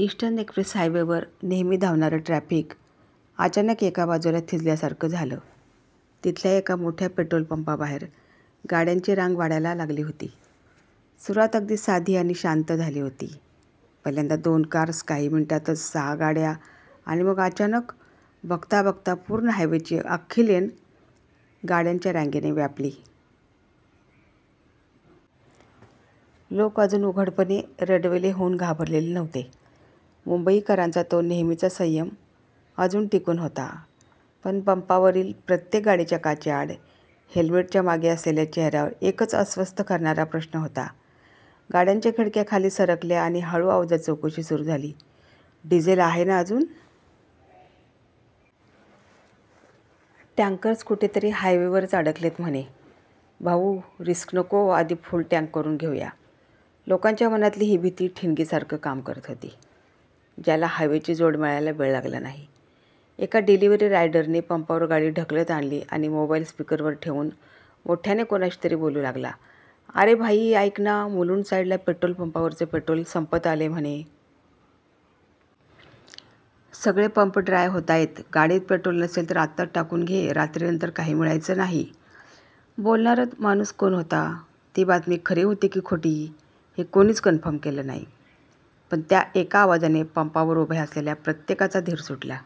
Eastern Express हायवेवर नेहमी धावणारं ट्रॅफिक अचानक एका बाजूला थिजल्यासारखं झालं. तिथल्या एका मोठ्या पेट्रोल पंपाबाहेर गाड्यांची रांग वाढायला लागली होती. सुरुवात अगदी साधी आणि शांत झाली होती. पहिल्यांदा दोन कार्स काही मिनिटांतच सहा गाड्या आणि मग अचानक, बघता बघता पूर्ण हायवेची अख्खी लेन गाड्यांच्या रांगेने व्यापली. लोक अजून उघडपणे, रडवेले होऊन घाबरलेले नव्हते. मुंबईकरांचा तो नेहमीचा संयम अजून टिकून होता, पण पंपावरील प्रत्येक गाडीच्या काचेआड, हेल्मेटच्या मागे असलेल्या चेहऱ्यावर एकच अस्वस्थ करणारा प्रश्न होता. गाड्यांच्या खिडक्या खाली सरकल्या आणि हळू आवाजात चौकशी सुरू झाली, "डिझेल आहे ना अजून? " "टँकर्स कुठेतरी हायवेवरच अडकलेत म्हणे " "भाऊ, रिस्क नको आधी फुल टँक करून घेऊ या". लोकांच्या मनातली ही भीती ठिणगीसारखी काम करत होती, ज्याला हवेची जोड मिळायला वेळ लागला नाही. एका डिलिव्हरी रायडरने पंपावर गाडी ढकलत आणली आणि मोबाईल स्पीकरवर ठेवून मोठ्याने कोणाशीतरी बोलू लागला, "अरे भाई, ऐक ना मुलुंड साईडला पेट्रोल पंपावरचं पेट्रोल संपत आलंय म्हणे. सगळे पंप ड्राय होतायत. गाडीत पेट्रोल नसेल तर आत्ताच टाकून घे, रात्रीनंतर काही मिळायचं नाही". बोलणारा माणूस कोण होता? ती बातमी खरी होती की खोटी? हे कोणीच कन्फर्म केलं नाही. पण त्या एका आवाजाने पंपावर उभ्या असलेल्या प्रत्येकाचा धीर सुटला.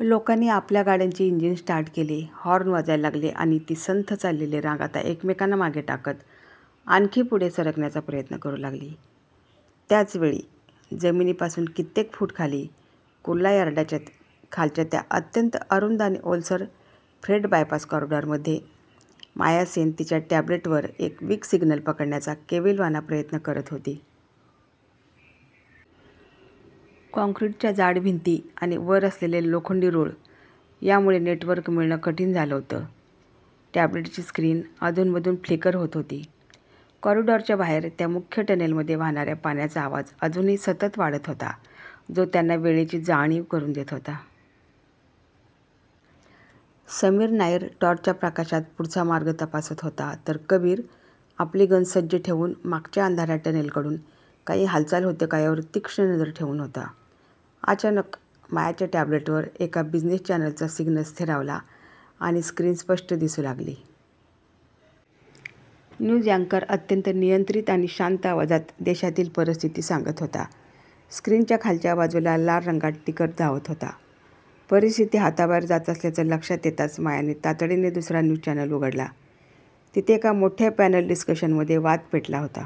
लोकांनी आपल्या गाड्यांचे इंजिन स्टार्ट केले, हॉर्न वाजायला लागले आणि ती संथ चाललेली रांग आता एकमेकांना मागे टाकत आणखी पुढे सरकण्याचा प्रयत्न करू लागली. त्याच वेळी, जमिनीपासून कित्येक फूट खाली कुर्ला यार्डाच्या खालच्या त्या अत्यंत अरुंद आणि ओलसर 'फ्रेट बायपास कॉरिडॉर'मध्ये माया सेन तिच्या टॅब्लेटवर एक वीक सिग्नल पकडण्याचा केविलवाणा प्रयत्न करत होती. काँक्रीटच्या जाड भिंती आणि वर असलेले लोखंडी रूळ यांमुळे नेटवर्क मिळणं कठीण झालं होतं. टॅब्लेटची स्क्रीन अधूनमधून फ्लिकर होत होती. कॉरिडॉरच्या बाहेर, त्या मुख्य टनेलमध्ये वाहणाऱ्या पाण्याचा आवाज अजूनही सतत वाढत होता, जो त्यांना वेळेची जाणीव करून देत होता. समीर नायर टॉर्चच्या प्रकाशात पुढचा मार्ग तपासत होता, तर कबीर आपली गन सज्ज ठेवून मागच्या अंधाऱ्या टनेलकडून काही हालचाल होते का, यावर तीक्ष्ण नजर ठेवून होता. अचानक, मायाच्या टॅब्लेटवर एका बिझनेस चॅनेलचा सिग्नल स्थिरावला आणि स्क्रीन स्पष्ट दिसू लागली. न्यूज अँकर अत्यंत नियंत्रित आणि शांत आवाजात देशातील परिस्थिती सांगत होता, स्क्रीनच्या खालच्या बाजूला लाल रंगात टिकर धावत होता. परिस्थिती हाताबाहेर जात असल्याचं लक्षात येताच मायाने तातडीने दुसरा न्यूज चॅनेल उघडला. तिथे एका मोठ्या पॅनल डिस्कशनमध्ये वाद पेटला होता.